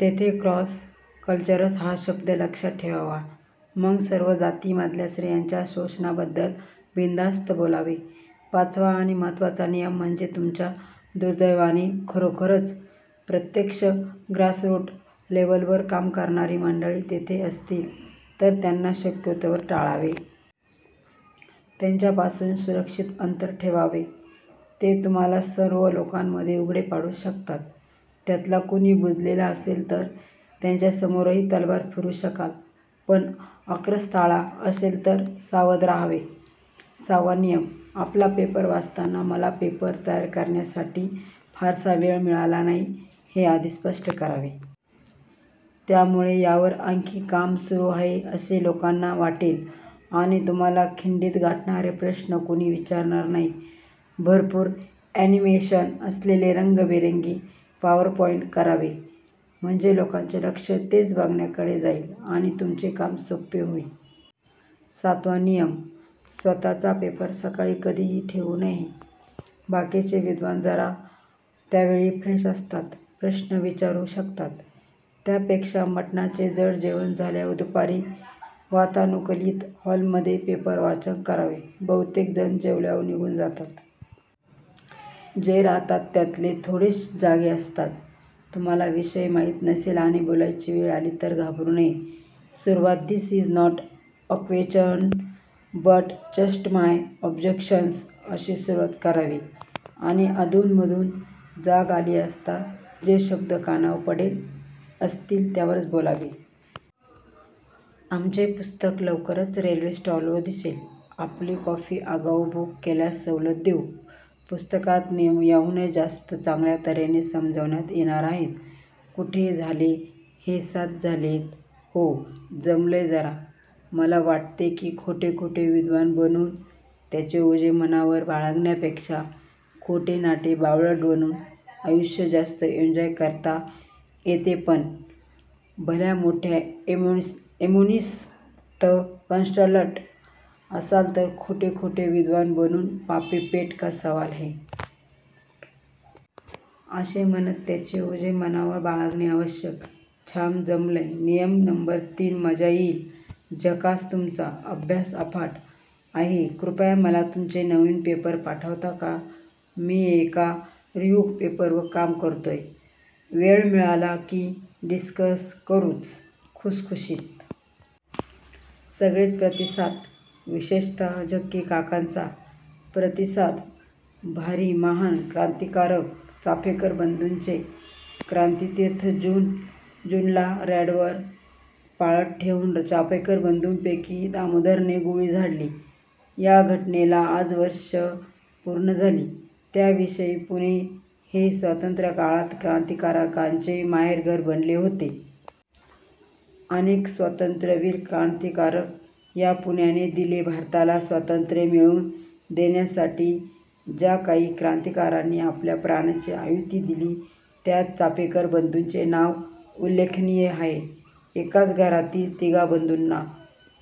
तेथे 'cross cultural हा शब्द लक्षात ठेवावा. मग सर्व जातींमधल्या स्त्रीयांच्या शोषणाबद्दल बिनधास्त बोलावे. पाचवा आणि महत्त्वाचा नियम म्हणजे तुमच्या दुर्दैवाने खरोखर प्रत्यक्ष ग्रासरूट लेव्हलवर काम करणारी मंडळी तेथे असतील तर त्यांना शक्यतोवर टाळावे. त्यांच्यापासून सुरक्षित अंतर ठेवावे. ते तुम्हाला सर्व लोकांमध्ये उघडे पाडू शकतात. त्यातला कुणी बुजलेला असेल तर त्याच्यासमोरही तलवार फिरवू शकाल पण आक्रस्ताळा असेल तर सावध राहावे. सहावा नियम, आपला पेपर वाचताना मला पेपर तयार करण्यासाठी फारसा वेळ मिळाला नाही हे आधी स्पष्ट करावे. त्यामुळे यावर आणखी काम सुरु आहे असे लोकांना वाटेल आणि तुम्हाला खिंडीत गाठणारे प्रश्न कुणी विचारणार नाही. भरपूर अॅनिमेशन असलेले रंगिबेरंगी पॉवरपॉईंट करावे म्हणजे लोकांचे लक्ष तेच बघण्याकडे जाईल आणि तुमचे काम सोपे होईल. सातवा नियम, स्वतःचा पेपर सकाळी कधिही ठेऊ नये. बाकीचे विद्वान जरा त्यावेळी फ्रेश असतात. प्रश्न विचारु शकतात. त्यापेक्षा मटणाचे जड जेवण झाल्यावर दुपारी वातानुकूलित हॉलमध्ये पेपर वाचन करावे. बहुतेक जण जेवल्यावर निघुन जातात. जे राहतात त्यातले थोडेच जागे असतात. तुम्हाला विषय माहीत नसेल आणि बोलायची वेळ आली तरी घाबरु नये. सुरुवात "this is not a question but just my observations.. " अशी सुरुवात करावी आणि अधून मधून जाग आली असता जे शब्द कानावर पडले असतील त्यावर बोलावे. आमचे पुस्तक लवकरच रेल्वे स्टॉलवर दिसेल. आपली कॉपी आगाऊ बुक केल्यास सवलत देऊ. पुस्तकात नियम याहूनही जास्त चांगल्या तर्हेने समजवण्यात येणार आहेत. कुठे.. झाले हेसात झालेत हो. जमलंयजरा, मला वाटते की खोटे खोटे विद्वान बनून त्याचे ओझे मनावर बाळगण्यापेक्षा खोटेनाटे बावळट बनून आयुष्य जास्त एंजॉय करता येतेपण भल्या मोठ्या एमेन्सि त कन्सल्टंट असाल तर खोटे खोटे विद्वान बनून, पापी पेट का सवाल है!, असे म्हणत त्याचे ओझे मनावर बाळगणे आवश्यक. छाम जमलंय. नियम नंबर तीनमजा येईल. झकासतुमचा अभ्यास अफाट आहेकृपया मला तुमचे नविन पेपर पाठवता का? मि एका रिव्ह्यु पेपरवर काम करतोय, वेळ मिळाला कि डिस्कस करुच+ खुसखुशीत! सगळेच प्रतिसाद विशेषतः झक्की काकांचा प्रतिसाद भारी महान क्रांतिकाराक चापेकर बंधूंचे 'क्रांतितीर्थ' जून ला रँडवर पाळत ठेवून चापेकर बंधूंपैकी दामोदरने गोळी झाडली. या घटनेला आज वर्षे पूर्ण झाली. त्या विषयी.. पुणे हे स्वातंत्र्यकाळात क्रांतिकाराकांचे माहेरघर बनले होते. अनेक स्वातंत्र्यवीर, क्रांतिकारक या पुण्याने दिले. भारताला स्वातंत्र्य मिळवून देण्यासाठी ज्या काही क्रांतिकारांनी आपल्या प्राणांची आहुती दिली त्यात चापेकर बंधूंचे नाव उल्लेखनीय आहे. एकाच घरातील तिघा बंधुंना